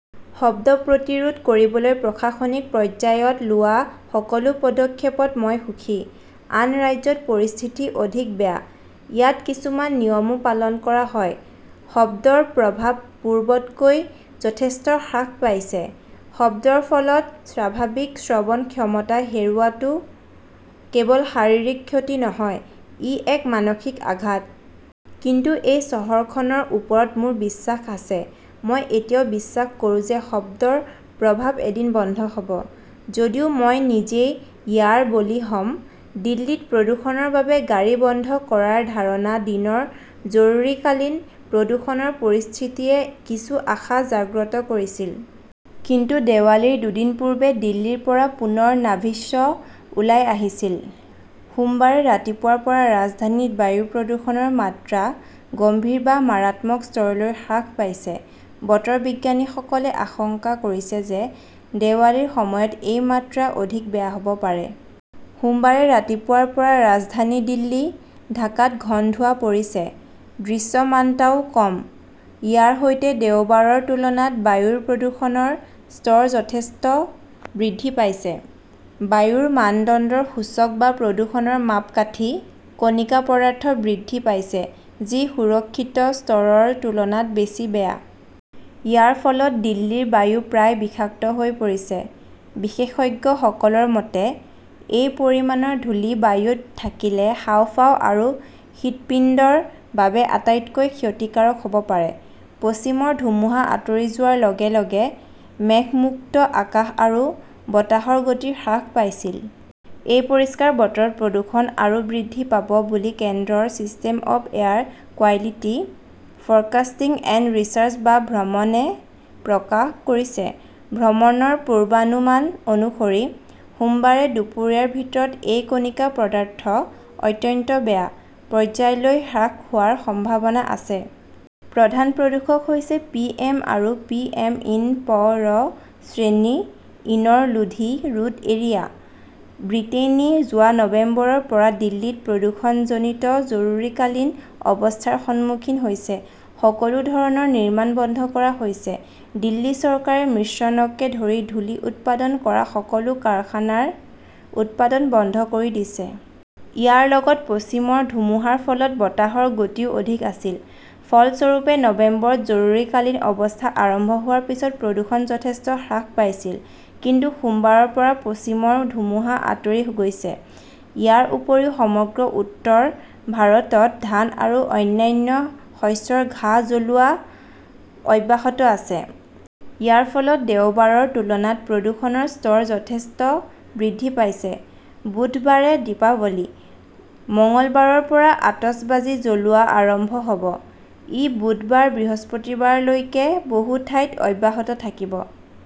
শব্দ প্ৰতিৰোধ কৰিবলৈ প্ৰশাসনিক পৰ্যায়ত লোৱা সকলো পদক্ষেপত মই সুখী। আন ৰাজ্যত পৰিস্থিতি অধিক বেয়া। ইয়াত কিছুমান নিয়মো পালন কৰা হয়। শব্দৰ প্ৰভাৱ পূৰ্বতকৈ যথেষ্ট হ্ৰাস পাইছে। শব্দৰ ফলত স্বাভাৱিক শ্ৰৱণ ক্ষমতা হেৰুওৱাটো কেৱল শাৰীৰিক ক্ষতি নহয়, ই এক মানসিক আঘাত। কিন্তু এই চহৰখনৰ ওপৰত মোৰ বিশ্বাস আছে। মই এতিয়াও বিশ্বাস কৰোঁ যে শব্দৰ প্ৰভাৱ এদিন বন্ধ হব, যদিও মই নিজেই ইয়াৰ বলি হম। দিল্লীত প্ৰদূষণৰ বাবে গাড়ী বন্ধ কৰাৰ ধাৰণা দিনৰ জৰুৰীকালীন প্ৰদূষণৰ পৰিস্থিতিয়ে কিছু আশা জাগ্ৰত কৰিছিল। কিন্তু দেৱালীৰ দুদিন পূৰ্বে দিল্লীৰ পৰা পুনৰ "নাভিশ্ব" ওলাই আহিছিল। সোমবাৰে ৰাতিপুৱাৰ পৰা ৰাজধানীত বায়ু প্ৰদূষণৰ মাত্ৰা "গম্ভীৰ" বা মাৰাত্মক স্তৰলৈ হ্ৰাস পাইছে। বতৰ বিজ্ঞানীসকলে আশংকা কৰিছে যে, দেৱালীৰ সময়ত এই মাত্ৰা অধিক বেয়া হব পাৰে। সোমবাৰে ৰাতিপুৱাৰ পৰা ৰাজধানী দিল্লী, ঢাকাত ঘন ধোঁৱা পৰিছে। দৃশ্যমানতাও কম। ইয়াৰ সৈতে দেওবাৰৰ তুলনাত বায়ুৰ প্ৰদূষণৰ স্তৰ যথেষ্ট বৃদ্ধি পাইছে। বায়ুৰ মানদণ্ডৰ সূচক বা প্ৰদূষণৰ মাপকাঠি কণিকা পদাৰ্থ বৃদ্ধি পাইছে, যি সুৰক্ষিত স্তৰৰ তুলনাত বেছি বেয়া। ইয়াৰ ফলত দিল্লীৰ বায়ু প্ৰায় বিষাক্ত হৈ পৰিছে। বিশেষজ্ঞসকলৰ মতে, এই পৰিমাণৰ ধূলি বায়ুত থাকিলে হাঁওফাঁও আৰু হৃদপিণ্ডৰ বাবে আটাইতকৈ ক্ষতিকাৰক হব পাৰে। পশ্চিমৰ ধুমুহা আঁতৰি যোৱাৰ লগে লগে মেঘমুক্ত আকাশ আৰু বতাহৰ গতি হ্ৰাস পাইছিল। এই পৰিষ্কাৰ বতৰত প্ৰদূষণ আৰু বৃদ্ধি পাব বুলি কেন্দ্ৰৰ system of air quality forecasting and research বা "ভ্ৰমণ"-এ প্ৰকাশ কৰিছে। ভ্ৰমণৰ পূৰ্বানুমান অনুসৰি, সোমবাৰে দুপৰীয়াৰ ভিতৰত এই কণিকা পদাৰ্থ " অত্যন্ত বেয়া" পৰ্যায়লৈ হ্ৰাস হোৱাৰ সম্ভাৱনা আছে। প্ৰধান প্ৰদূষক হৈছে পিএম আৰু পিএম ইন 'প' ৰ 'শ্ৰেণী ইনৰ লোধি ৰোড এৰিয়া। ব্ৰিটেইনে যোৱা নৱেম্বৰৰ পৰা দিল্লীত প্ৰদূষণজনিত জৰুৰীকালীন অৱস্থাৰ সন্মুখীন হৈছে। সকলো ধৰণৰ নিৰ্মাণ বন্ধ কৰা হৈছে। দিল্লী চৰকাৰে মিশ্ৰণকে ধৰি ধূলি উৎপাদন কৰা সকলো কাৰখানাৰ উৎপাদন বন্ধ কৰি দিছে। ইয়াৰ লগত পশ্চিমৰ ধুমুহাৰ ফলত বতাহৰ গতিও অধিক আছিল। ফলস্বৰূপে, নৱেম্বৰত জৰুৰীকালীন অৱস্থা আৰম্ভ হোৱাৰ পিছত প্ৰদূষণ যথেষ্ট হ্ৰাস পাইছিল। কিন্তু সোমবাৰৰ পৰা পশ্চিমৰ ধুমুহা আঁতৰি গৈছে। ইয়াৰ উপৰিও সমগ্ৰ উত্তৰ ভাৰতত ধান আৰু অন্যান্য শস্যৰ ঘাঁহ জ্বলোৱা অব্যাহত আছে। ইয়াৰ ফলত দেওবাৰৰ তুলনাত প্ৰদূষণৰ স্তৰ যথেষ্ট বৃদ্ধি পাইছে। বুধবাৰে দীপাৱলী। মঙলবাৰৰ পৰা আতচবাজী জ্বলোৱা আৰম্ভ হব। ই বুধবাৰ-বৃহস্পতিবাৰলৈকে বহু ঠাইত অব্যাহত থাকিব।